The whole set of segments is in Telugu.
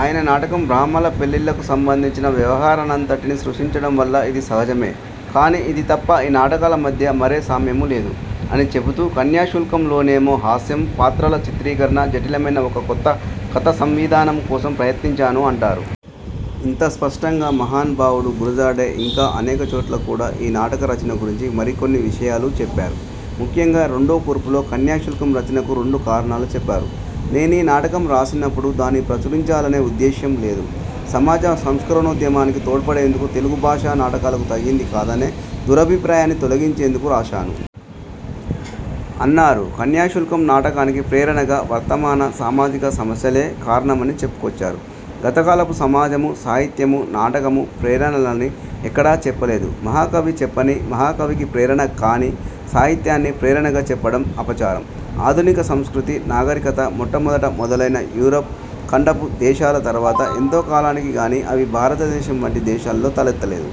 ఆయన నాటకం బ్రాహ్మల పెళ్లిళ్లకు సంబంధించిన వ్యవహారాన్నంతటినీ స్పృశించడం వల్ల ఇది సహజమే. కానీ, ఇది తప్ప ఈ నాటకాల మధ్య మరే సామ్యమూ లేదు'' అని చెబుతూ కన్యాశుల్కం లోనేమో హాస్యం, పాత్రల చిత్రీకరణ, జఠిలమైన ఒక కొత్త కథాసంవిధానం కోసం ప్రయత్నించాను అంటారు. ఇంత స్పష్టంగా మహానుభావుడు గురజాడే ఇంకా అనేక చోట్ల కూడా ఈ నాటక రచన గురించి మరి కొన్ని విషయాలూ చెప్పారు. ముఖ్యంగా రెండో కూర్పులో కన్యాశుల్కం రచనకు రెండు కారణాలు చెప్పారు: ''నేనీ నాటకం రాసినప్పుడు దాన్ని ప్రచురించాలనే ఉద్దేశ్యం లేదు. సమాజ సంస్కరణోద్యమానికి తోడ్పడేందుకు, తెలుగుభాష నాటకాలకు తగిందికాదనే దురభిప్రాయాన్ని తొలగించేందుకు రాశాను. '' అన్నారు. కన్యాశుల్కం నాటకానికి ప్రేరణగా వర్తమాన సామాజిక సమస్యలే కారణమని చెప్పుకొచ్చారు. గతకాలపు సమాజము, సాహిత్యము, నాటకము ప్రేరణలని ఎక్కడా చెప్పలేదు. మహాకవి చెప్పని, మహాకవికి ప్రేరణకాని సాహిత్యాన్ని ప్రేరణగా చెప్పడం అపచారం. ఆధునిక సంస్కృతి, నాగరికత మొట్టమొదట మొదలైన యూరప్ ఖండపు దేశాల తర్వాత ఎంతో కాలానికి గానీ, అవి భారతదేశం వంటి దేశాల్లో తలెత్తలేదు.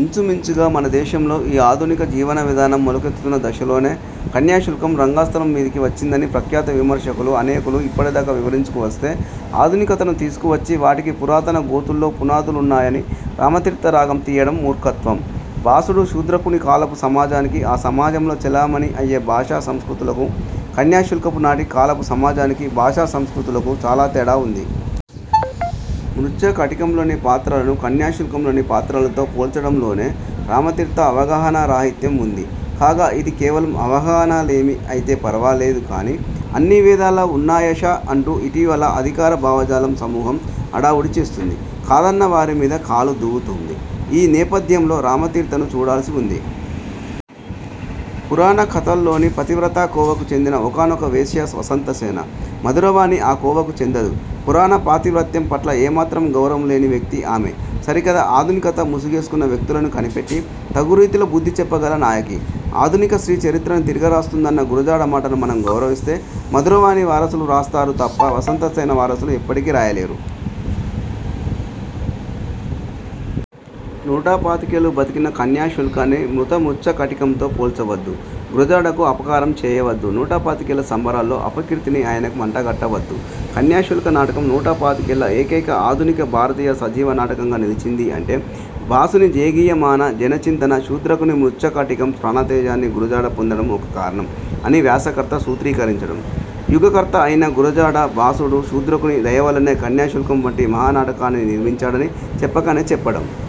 ఇంచుమించుగా మనదేశంలో ఈ ఆధునిక జీవనవిధానం మొలకెత్తుతున్న దశలోనే- కన్యాశుల్కం రంగస్థలం మీదికి వచ్చిందని ప్రఖ్యాత విమర్శకులు అనేకులు ఇప్పటిదాకా వివరించుకువస్తే, ఆధునికతను తీసుకువచ్చి వాటికి పురాతన గోతుల్లో పునాదులున్నాయని రామతీర్థ రాగం తీయడం మూర్ఖత్వం. భాసుడు, శూద్రకుని కాలపు సమాజానికీ, ఆ సమాజంలో చెలామణీ అయ్యే భాషా సంస్కృతులకు- కన్యాశుల్కపు నాటి కాలపు సమాజానికి, భాషా సంస్కృతులకూ చాలా తేడా ఉంది. మృచ్ఛ కటికం లోని పాత్రలను కన్యాశుల్కంలోని పాత్రలతో పోల్చడంలోనే రామతీర్థ అవగాహనారాహిత్యం ఉంది. కాగా, ఇది కేవలం అవగాహనలేమి అయితే ఫరవాలేదుగానీ- అన్నీ వేదాల్లో ఉన్నాయష అంటూ ఇటీవల అధికార భావజాల సమూహం హడావుడి చేస్తోంది. కాదన్న వారిమీద కాలు దువ్వుతోంది. ఈ నేపథ్యంలో రామతీర్థను చూడాల్సి ఉంది. పురాణకథల్లోని పతివ్రత కోవకి చెందిన ఒకానొక వేశ్య వసంతసేన. మధురవాణి ఆ కోవకు చెందదు. పురాణ పాతివ్రత్యం పట్ల ఏ మాత్రమూ గౌరవం లేని వ్యక్తి ఆమె. సరికదా, ఆధునికత ముసుగేసుకున్న వ్యక్తులను కనిపెట్టి తగురీతిలో బుద్ధిచెప్పగల నాయకి. ఆధునిక స్త్రీ చరిత్రను తిరగరాస్తుందన్న గురజాడ మాటను మనం గౌరవిస్తే- మధురవాణి వారసులు రాస్తా రు తప్ప, వసంతసేన వారసులు ఎప్పటికీ రాయలేరు. నూటపాతికేళ్లు బతికిన కన్యాశు ల్కాన్ని మృత మృచ్ఛకటికంతో పోల్చవద్దు. గుర జాడకు అపకారం చేయవద్దు. నూట పాతికేళ్ల సంబరాల్లో అపకీర్తిని ఆయనకు అంటగట్టవద్దు. ''కన్యాశుల్క నాటకం నూటపాతికేళ్ల ఏకైక ఆధునిక భారతీయ సజీవ నాటకంగా నిలిచిందీ అంటే, భాసుని జేగీయమాన జన చింతన, శూద్రకుని మృచ్ఛకటికం ప్రాణతేజాన్ని గురజాడ పొందడమూ ఒక కారణం'' అని వ్యాసకర్త సూత్రీకరించడం- యుగకర్త అయిన గురజాడ, భాసుడు, శూద్రకుని దయవల్లనే కన్యాశుల్కం వంటి మహానాటకాన్ని నిర్మించాడని చెప్పకనే చెప్పడం.